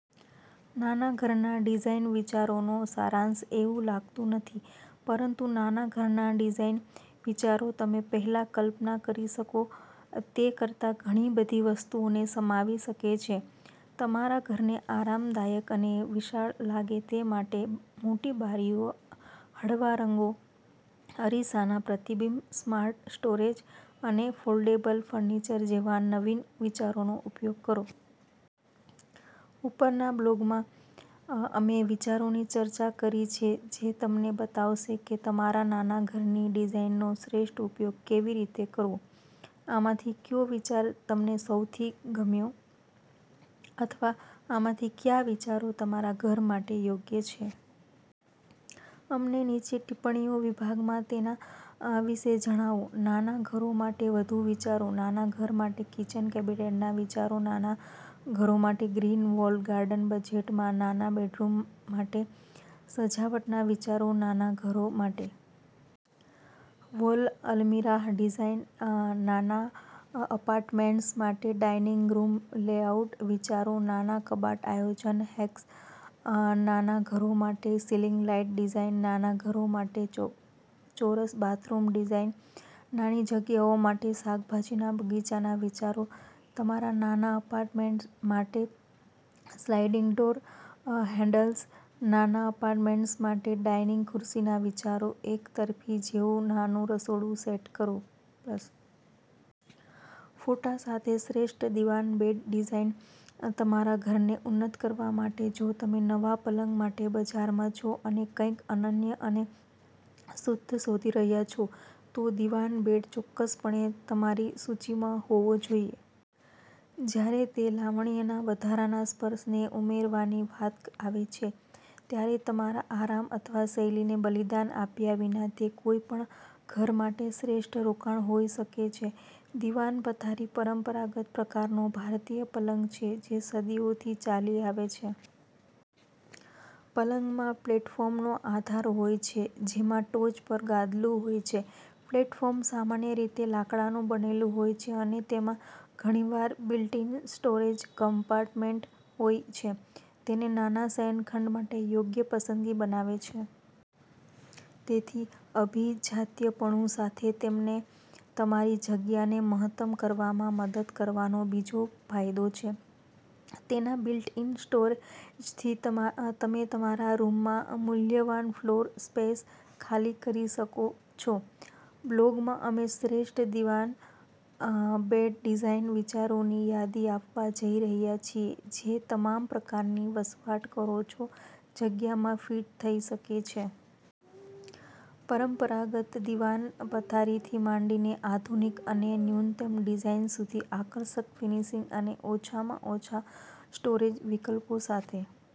નાના ઘરના ડિઝાઇન વિચારોનો સારાંશ એવું લાગતું નથી, પરંતુ નાના ઘરના ડિઝાઇન વિચારો તમે પહેલા કલ્પના કરી શકો તે કરતાં ઘણી બધી વસ્તુઓને સમાવી શકે છે. તમારા ઘરને આરામદાયક અને વિશાળ લાગે તે માટે મોટી બારીઓ, હળવા રંગો, અરીસાના પ્રતિબિંબ, સ્માર્ટ સ્ટોરેજ અને ફોલ્ડેબલ ફર્નિચર જેવા નવીન વિચારોનો ઉપયોગ કરો. ઉપરના બ્લોગમાં, અમે વિચારોની ચર્ચા કરી છે જે તમને બતાવશે કે તમારા નાના ઘરની ડિઝાઇનનો શ્રેષ્ઠ ઉપયોગ કેવી રીતે કરવો. આમાંથી કયો વિચાર તમને સૌથી વધુ ગમ્યો? અથવા આમાંથી કયા વિચારો તમારા ઘર માટે યોગ્ય છે? અમને નીચે ટિપ્પણીઓ વિભાગમાં તેના વિશે જણાવો. નાના ઘરો માટે વધુ વિચારો નાના ઘર માટે કિચન કેબિનેટના વિચારો નાના ઘરો માટે ગ્રીન વોલ ગાર્ડન બજેટમાં નાના બેડરૂમ માટે સજાવટના વિચારો નાના ઘરો માટે વોલ અલમિરાહ ડિઝાઇન નાના એપાર્ટમેન્ટ્સ માટે ડાઇનિંગ રૂમ લેઆઉટ વિચારો નાના કબાટ આયોજન હેક્સ નાના ઘરો માટે સિલિંગ લાઇટ ડિઝાઇન નાના ઘરો માટે ચોરસ બાથરૂમ ડિઝાઇન નાની જગ્યાઓ માટે શાકભાજીના બગીચાના વિચારો તમારા નાના એપાર્ટમેન્ટ માટે સ્લાઇડિંગ ડોર હેન્ડલ્સ નાના એપાર્ટમેન્ટ્સ માટે ડાઇનિંગ ખુરશીના વિચારો એક તરફી જેવું નાનું રસોડું સેટ કરો+.. ફોટા સાથે શ્રેષ્ઠ દીવાન બેડ ડિઝાઇનતમારા ઘરને ઉન્નત કરવા માટે જો તમે નવા પલંગ માટે બજારમાં છો અને કંઈક અનન્ય અને શુદ્ધ શોધી રહ્યાં છો, તો દિવાન બેડ ચોક્કસપણે તમારી સૂચિમાં હોવો જોઈએ. જ્યારે તે લાવણ્યના વધારાના સ્પર્શને ઉમેરવાની વાત આવે છે, ત્યારે તમારા આરામ અથવા શૈલીને બલિદાન આપ્યા વિના, તે કોઈપણ ઘર માટે શ્રેષ્ઠ રોકાણ હોઈ શકે છે. દીવાન પથારીપરંપરાગત પ્રકારનો ભારતીય પલંગ છે જે સદીઓથી ચાલી આવે છે. પલંગમાં પ્લેટફોર્મનો આધાર હોય છે જેમાં ટોચ પર ગાદલું હોય છે. પ્લેટફોર્મ સામાન્ય રીતે લાકડાનું બનેલું હોય છે અને તેમાં ઘણીવાર બિલ્ટ-ઇન સ્ટોરેજ કમ્પાર્ટમેન્ટ હોય છે. તેને નાના શયનખંડ માટે યોગ્ય પસંદગી બનાવે છે. તેથી, અભિજાત્યપણુ સાથે તેમને તમારી જગ્યાને મહત્તમ કરવામાં મદદ કરવાનો બીજો ફાયદો છે. તેના બિલ્ટ-ઇન સ્ટોરેજથી તમે તમારા રૂમમાં મૂલ્યવાન ફ્લોર સ્પેસ ખાલી કરી શકો છો. બ્લોગમાં અમે શ્રેષ્ઠ દિવાન બેડ ડિઝાઇન વિચારોની યાદી આપવા જઈ રહ્યા છીએ જે તમામ પ્રકારની વસવાટ કરો છો જગ્યામાં ફિટ થઈ શકે છે. પરંપરાગત દીવાન પથારીથી માંડીને આધુનિક અને ન્યૂનતમ ડિઝાઇન સુધી, આકર્ષક ફિનિશિંગ અને ઓછામાં ઓછા સ્ટોરેજ વિકલ્પો સાથે.